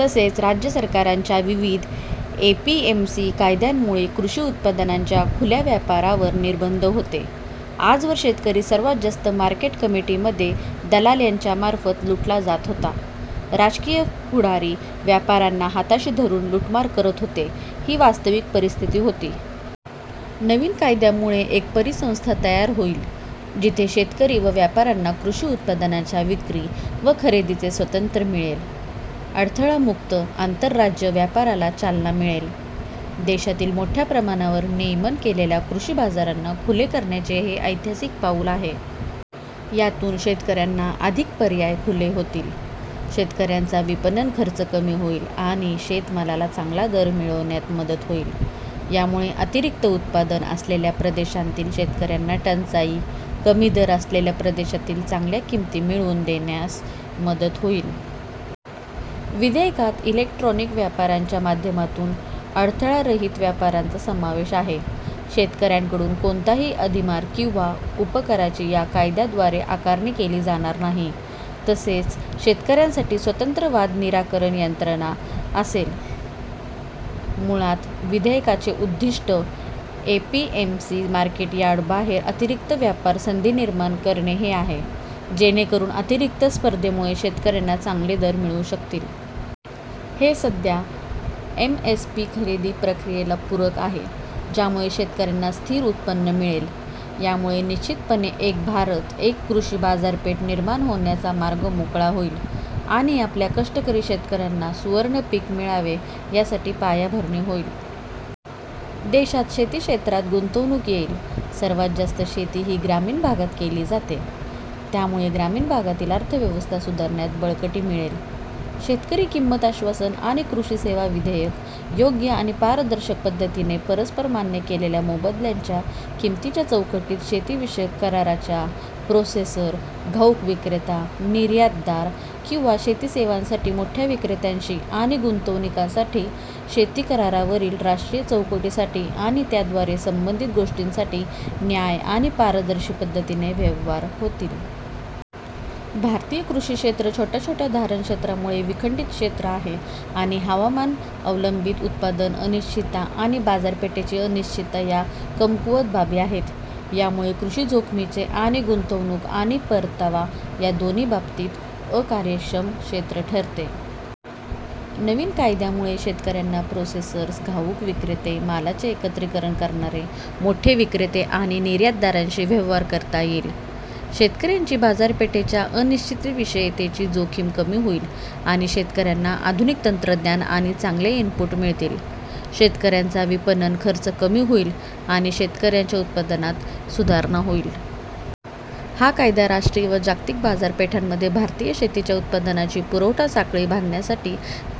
तसेच, राज्य सरकारांच्या विविध एपीएमसी कायद्यांमुळे कृषी उत्पादनांच्या खुल्या व्यापारावर निर्बंध होते. आजवर शेतकरी सर्वात जास्त मार्केट कमिटीमध्ये दलाल यांच्यामार्फत लुटला जात होता. राजकीय पुढारी व्यापाऱ्यांना हाताशी धरून लुटमार करत होते, ही वास्तविक परिस्थिती होती. नवीन कायद्यामुळे एक परिसंस्था तयार होईल, जिथे शेतकरी व व्यापाऱ्यांना कृषी उत्पादनांच्या विक्री व खरेदीचे स्वातंत्र्य मिळेल. अडथळामुक्त आंतरराज्य व्यापाराला चालना मिळेल. देशातील मोठ्या प्रमाणावर नियमन केलेल्या कृषी बाजारांना खुले करण्याचे हे ऐतिहासिक पाऊल आहे. यातून शेतकऱ्यांना अधिक पर्याय खुले होतील, शेतकऱ्यांचा विपणन खर्च कमी होईल आणि शेतमालाला चांगला दर मिळविण्यात मदत होईल. यामुळे अतिरिक्त उत्पादन असलेल्या प्रदेशांतील शेतकऱ्यांना टंचाई, कमी दर असलेल्या प्रदेशांतील चांगल्या किंमती मिळवून देण्यास मदत होईल. विधेयकात इलेक्ट्रॉनिक व्यापाराच्या माध्यमातून अडथळारहित व्यापाराचा समावेश आहे. शेतकऱ्यांकडून कोणताही अधिभार किंवा उपकराची या कायद्याद्वारे आकारणी केली जाणार नाही. तसेच शेतकऱ्यांसाठी स्वतंत्र वाद निराकरण यंत्रणा असेल. मुळात विधेयकाचे उद्दिष्ट एपीएमसी मार्केट यार्डबाहेर अतिरिक्त व्यापार संधी निर्माण करणे हे आहे, जेणेकरून अतिरिक्त स्पर्धेमुळे शेतकऱ्यांना चांगले दर मिळू शकतील. हे सध्या एमएसपी खरेदी प्रक्रियेला पूरक आहे, ज्यामुळे शेतकऱ्यांना स्थिर उत्पन्न मिळेल. यामुळे निश्चितपणे एक भारत, एक कृषी बाजारपेठ निर्माण होण्याचा मार्ग मोकळा होईल आणि आपल्या कष्टकरी शेतकऱ्यांना सुवर्ण पीक मिळावे यासाठी पायाभरणी होईल. देशात शेती क्षेत्रात गुंतवणूक येईल. सर्वात जास्त शेती ही ग्रामीण भागात केली जाते. त्यामुळे ग्रामीण भागातील अर्थव्यवस्था सुधारण्यास बळकटी मिळेल. शेतकरी किंमत आश्वासन आणि कृषी सेवा विधेयक, योग्य आणि पारदर्शक पद्धतीने परस्पर मान्य केलेल्या मोबदल्याच्या किंमतीच्या चौकटीत शेतीविषयक कराराच्या, प्रोसेसर, घाऊक विक्रेता, निर्यातदार किंवा शेती सेवांसाठी मोठ्या विक्रेत्यांशी आणि गुंतवणुकीसाठी शेती करारावरील राष्ट्रीय चौकटीसाठी आणि त्याद्वारे संबंधित गोष्टींसाठी न्याय आणि पारदर्शी पद्धतीने व्यवहार होतील. भारतीय कृषी क्षेत्र छोट्या छोट्या धारणक्षेत्रामुळे विखंडित क्षेत्र आहे आणि हवामान अवलंबित्व, उत्पादन अनिश्चितता आणि बाजारपेठेची अनिश्चितता या कमकुवत बाबी आहेत. यामुळे कृषी जोखमीचे आणि गुंतवणूक आणि परतावा या दोन्ही बाबतीत अकार्यक्षम क्षेत्र ठरते. नवीन कायद्यामुळे शेतकऱ्यांना प्रोसेसर्स, घाऊक विक्रेते, मालाचे एकत्रिकरण करणारे, मोठे विक्रेते आणि निर्यातदारांशी व्यवहार करता येईल. शेतकऱ्याची बाजारपेठेच्या अनिश्चिततेविषयीची जोखीम कमी होईल आणि शेतकऱ्यांना आधुनिक तंत्रज्ञान आणि चांगले इनपुट मिळतील. शेतकऱ्यांचा विपणन खर्च कमी होईल आणि शेतकऱ्यांच्या उत्पन्नात सुधारणा होईल. हा कायदा राष्ट्रीय व जागतिक बाजारपेठांमध्ये भारतीय शेतीच्या उत्पादनांची पुरवठा साखळी बांधण्यासाठी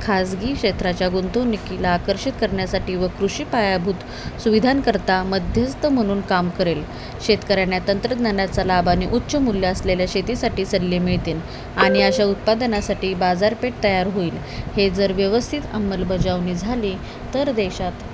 खासगी क्षेत्राच्या गुंतवणुकीला आकर्षित करण्यासाठी व कृषी पायाभूत सुविधांकरिता मध्यस्थ म्हणून काम करेल. शेतकऱ्यांना तंत्रज्ञानाचा लाभ आणि उच्च मूल्य असलेल्या शेतीसाठी सल्ले मिळतील आणि अशा उत्पादनांसाठी बाजारपेठ तयार होईल. हे जर व्यवस्थित अंमलबजावणी झाली तर देशात